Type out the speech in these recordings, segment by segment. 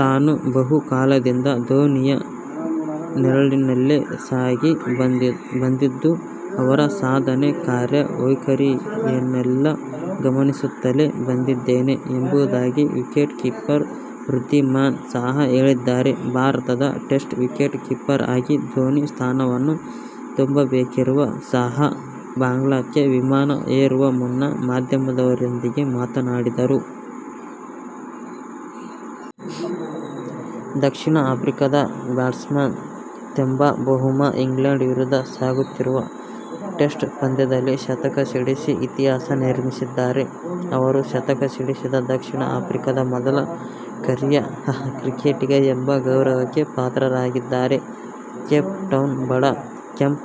ತಾನು ಬಹು ಕಾಲದಿಂದ ಧೋನಿಯ ನೆರಳಿನಲ್ಲೇ ಸಾಗಿ ಬಂದಿದ್ದು, ಅವರ ಸಾಧನೆ, ಕಾರ್ಯ ವೈಖರಿಯನ್ನೆಲ್ಲ ಗಮನಿಸುತ್ತಲೇ ಬಂದಿದ್ದೇನೆ ಎಂಬುದಾಗಿ ವಿಕೆಟ್ ಕೀಪರ್ ವೃದ್ಧಿಮಾನ್ ಸಾಹಾ ಹೇಳಿದ್ದಾರೆ. ಭಾರತದ ಟೆಸ್ಟ್ ವಿಕೆಟ್ ಕೀಪರ್ ಆಗಿ ಧೋನಿ ಸ್ಥಾನವನ್ನು ತುಂಬಬೇಕಿರುವ ಸಾಹಾ, ಬಾಂಗ್ಲಾಕ್ಕೆ ವಿಮಾನ ಏರುವ ಮುನ್ನ ಮಾಧ್ಯಮದವರೊಂದಿಗೆ ಮಾತಾಡಿದರು. ದಕ್ಷಿಣ ಆಫ್ರಿಕಾದ ಬ್ಯಾಟ್ಸ್ಮನ್ ತೆಂಬ ಬವುಮ ಇಂಗ್ಲೆಂಡ್ ವಿರುದ್ಧ ಸಾಗುತ್ತಿರುವ ಟೆಸ್ಟ್ ಪಂದ್ಯದಲ್ಲಿ ಶತಕ ಸಿಡಿಸಿ ಇತಿಹಾಸ ನಿರ್ಮಿಸಿದ್ದಾರೆ. ಅವರು ಶತಕ ಸಿಡಿಸಿದ ದಕ್ಷಿಣ ಆಫ್ರಿಕಾದ ಮೊದಲ ಕರಿಯ ಕ್ರಿಕೆಟಿಗ ಎಂಬ ಗೌರವಕ್ಕೆ ಪಾತ್ರರಾಗಿದ್ದಾರೆ. ಕೇಪ್ ಟೌನ್ನ ಬಡ ಕೇಪ್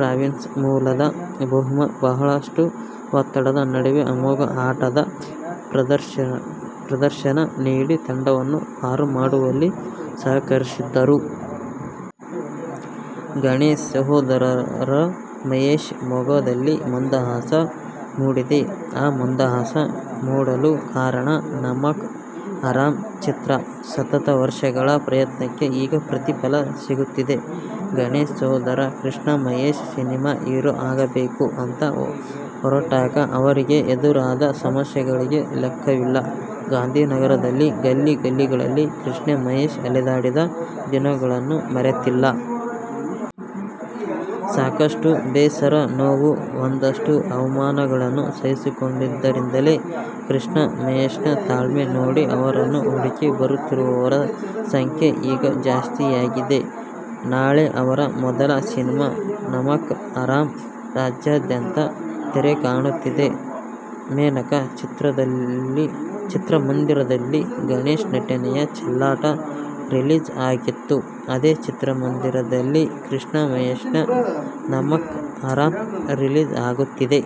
ಪ್ರಾವಿನ್ಸ್ ಮೂಲದ ಬವುಮ ಬಹಳಷ್ಟು ಒತ್ತಡದ ನಡುವೆ ಅಮೋಘ ಆಟದ ಪ್ರದರ್ಶನ ನೀಡಿ ತಂಡವನ್ನು ಪಾರು ಮಾಡುವಲ್ಲಿ ಸಹಕರಿಸಿದ್ದರು. ಗಣೇಶ್ ಸಹೋದರ ಮಹೇಶ್ ಮೊಗದಲ್ಲಿ ಮಂದಹಾಸ ಮೂಡಿದೆ. ಆ ಮಂದಹಾಸ ಮೂಡಲು ಕಾರಣ, "ನಮಕ್ ಹರಾಮ್' ಚಿತ್ರ. ಸತತ ವರ್ಷಗಳ ಪ್ರಯತ್ನಕ್ಕೆ ಈಗ ಪ್ರತಿಫಲ ಸಿಗುತ್ತಿದೆ. ಗಣೇಶ್ ಸೋದರ ಕೃಷ್ಣ ಮಹೇಶ್ ಸಿನಿಮಾ ಹೀರೋ ಆಗಬೇಕು ಅಂತ ಹೊರಟಾಗ, ಅವರಿಗೆ ಎದುರಾದ ಸಮಸ್ಯೆಗಳಿಗೆ ಲೆಕ್ಕವಿಲ್ಲ. ಗಾಂಧಿನಗರದ ಗಲ್ಲಿ ಗಲ್ಲಿಗಳಲ್ಲಿ ಕೃಷ್ಣ ಮಹೇಶ್ ಅಲೆದಾಡಿದ ದಿನಗಳಿನ್ನೂ ಮರೆತಿಲ್ಲ. ಸಾಕಷ್ಟು ಬೇಸರ, ನೋವು ಒಂದಷ್ಟು ಅವಮಾನಗಳನ್ನು ಸಹಿಸಿಕೊಂಡಿದ್ದರಿಂದಲೇ ಕೃಷ್ಣಮಹೇಶ್ನ ತಾಳ್ಮೆ ನೋಡಿ, ಅವರನ್ನು ಹುಡುಕಿ ಬರುತ್ತಿರುವವರ ಸಂಖ್ಯೆ ಈಗ ಜಾಸ್ತಿಯಾಗಿದೆ. ನಾಳೆ ಅವರ ಮೊದಲ ಸಿನಿಮಾ "ನಮಕ್ ಹರಾಮ್' ರಾಜ್ಯಾದ್ಯಂತ ತೆರೆಕಾಣುತ್ತಿದೆ. ಮೇನಕ ಚಿತ್ರಮಂದಿರದಲ್ಲಿ ಗಣೇಶ್ ನಟನೆಯ "ಚೆಲ್ಲಾಟ' ರಿಲೀಸ್ ಆಗಿತ್ತು. ಅದೇ ಚಿತ್ರಮಂದಿರದಲ್ಲಿ ಕೃಷ್ಣಮಹೇಶ್ನ "ನಮಕ್ ಹರಾಮ್' ರಿಲೀಸ್ ಆಗುತ್ತಿದೆ.